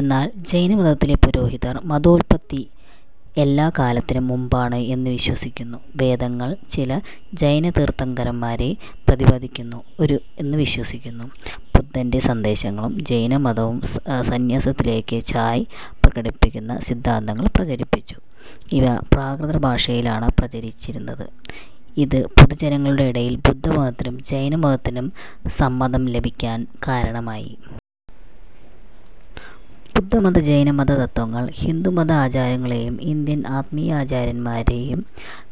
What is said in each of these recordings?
എന്നാൽ ജൈനമതത്തിലെ പുരോഹിതർ മതോത്പത്തി എല്ലാ കാലത്തിനും മുൻപാണ് എന്നു വിശ്വസിക്കുന്നു. വേദങ്ങൾ ചില ജൈന തീർത്ഥങ്കരരെ പ്രതിപാദിക്കുന്നു എന്ന് വിശ്വസിക്കുന്നു.. ബുദ്ധന്റെ സന്ദേശങ്ങളും ജൈനമതവും സന്യാസത്തിലേയ്ക്കു ചായ്വ് പ്രകടിപ്പിക്കുന്ന സിദ്ധാന്തങ്ങൾ പ്രചരിപ്പിച്ചു. ഇവ പ്രാകൃത ഭാഷയിലാണ് പ്രചരിപ്പിച്ചത്, ഇത് പൊതുജനങ്ങളുടെ ഇടയിൽ ബുദ്ധമതത്തിനും ജൈനമതത്തിനും സമ്മതം ലഭിക്കാൻ കാരണമായി. ബുദ്ധമത ജൈനമത തത്ത്വങ്ങൾ ഹിന്ദുമത ആചാരങ്ങളെയും ഇന്ത്യൻ ആത്മീയാചാര്യന്മാരെയും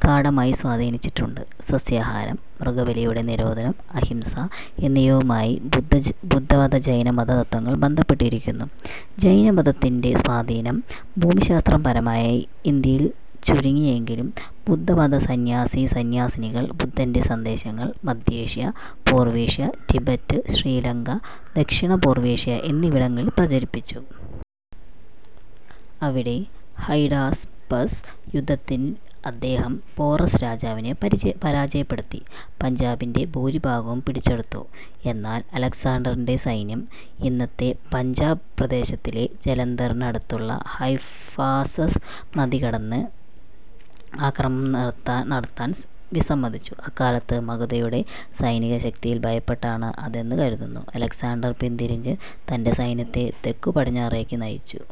ഗാഢമായി സ്വാധീനിച്ചിട്ടുണ്ട്. സസ്യാഹാരം, മൃഗബലിയുടെ നിരോധനം, അഹിംസ എന്നിവയുമായി ബുദ്ധമത-ജൈനമത തത്ത്വങ്ങൾ ബന്ധപ്പെട്ടിരിക്കുന്നു. ജൈനമതത്തിന്റെ സ്വാധീനം ഭൂമിശാസ്ത്രപരമായി ഇന്ത്യയിൽ ചുരുങ്ങി എങ്കിലും ബുദ്ധമത സന്യാസീ-സന്യാസിനികൾ ബുദ്ധന്റെ സന്ദേശങ്ങൾ മദ്ധ്യേഷ്യ, പൂർവേഷ്യ, റ്റിബറ്റ്, ശ്രീ ലങ്ക, ദക്ഷിണപൂർവേഷ്യ എന്നിവിടങ്ങളിൽ പ്രചരിപ്പിച്ചു. അവിടെ, ഹൈഡാസ്പസ് യുദ്ധത്തിൽ അദ്ദേഹം പോറസ് രാജാവിനെ പരാജയപ്പെടുത്തി, പഞ്ചാബിന്റെ ഭൂരിഭാഗവും പിടിച്ചെടുത്തു; എന്നാൽ അലക്സാണ്ടറിന്റെ സൈന്യം ഇന്നത്തെ പഞ്ചാബ് പ്രദേശത്തിലെ ജലന്ധറിന് അടുത്തുള്ള ഹൈഫാസസ് നദി കടന്ന് ആക്രമണം നടത്താൻ വിസമ്മതിച്ചു. അക്കാലത്തെ മഗധയുടെ സൈനികശക്തിയിൽ ഭയപ്പെട്ടാണ് ഇതെന്നു കരുതുന്നു. അലക്സാണ്ടർ പിന്തിരിഞ്ഞ് തന്റെ സൈന്യത്തെ തെക്കുപടിഞ്ഞാറേയ്ക്ക് നയിച്ചു.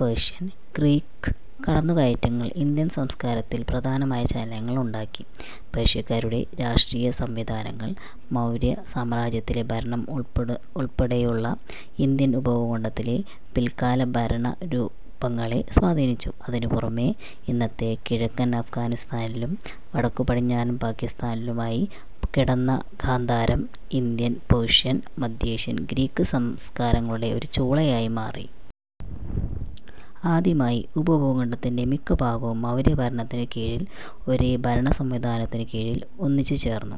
പേർഷ്യൻ, ഗ്രീക്ക് കടന്നുകയറ്റങ്ങൾ ഇന്ത്യൻ സംസ്കാരത്തിൽ പ്രധാനമായ ചലനങ്ങൾ ഉണ്ടാക്കി. പേർഷ്യക്കാരുടെ രാഷ്ട്രീയ സംവിധാനങ്ങൾ മൌര്യ സാമ്രാജ്യത്തിലെ ഭരണം ഉൾപ്പെടെയുള്ള ഇന്ത്യൻ ഉപഭൂഖണ്ഡത്തിലെ പിൽക്കാല ഭരണ രൂപങ്ങളെ സ്വാധീനിച്ചു. ഇതിനു പുറമേ, ഇന്നത്തെ കിഴക്കൻ അഫ്ഗാനിസ്ഥാനിലും വടക്കുപടിഞ്ഞാറൻ പാകിസ്താനിലുമായി കിടക്കുന്ന ഗാന്ധാരം ഇന്ത്യൻ, പേർഷ്യൻ, മദ്ധ്യേഷ്യൻ, ഗ്രീക്ക് സംസ്കാരങ്ങളുടെ ഒരു ചൂളയായി മാറി. ആദ്യമായി ഉപഭൂഖണ്ഡത്തിന്റെ മിക്ക ഭാഗവും മൌര്യ ഭരണത്തിനു കീഴിൽ ഒരേ ഭരണസംവിധാനത്തിനു കീഴിൽ ഒന്നിച്ചുചേർന്നു.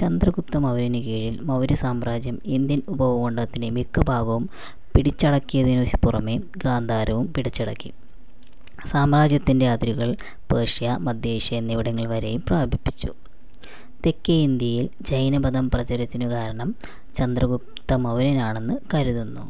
ചന്ദ്രഗുപ്ത മൌര്യനു കീഴിൽ മൌര്യ സാമ്രാജ്യം ഇന്ത്യൻ ഉപഭൂഖണ്ഡത്തിന്റെ മിക്ക ഭാഗവും പിടിച്ചടക്കിയതിനു പുറമേ, ഗാന്ധാരവും പിടിച്ചടക്കി സാമ്രാജ്യത്തിന്റെ അതിരുകൾ പേർഷ്യ, മദ്ധ്യേഷ്യ എന്നിവിടങ്ങൾ വരെയും വ്യാപിപ്പിച്ചു. തെക്കേ ഇന്ത്യയിൽ ജൈനമതം പ്രചരിച്ചതിനു കാരണം ചന്ദ്രഗുപ്തമൌര്യനാണെന്ന് കരുതുന്നു.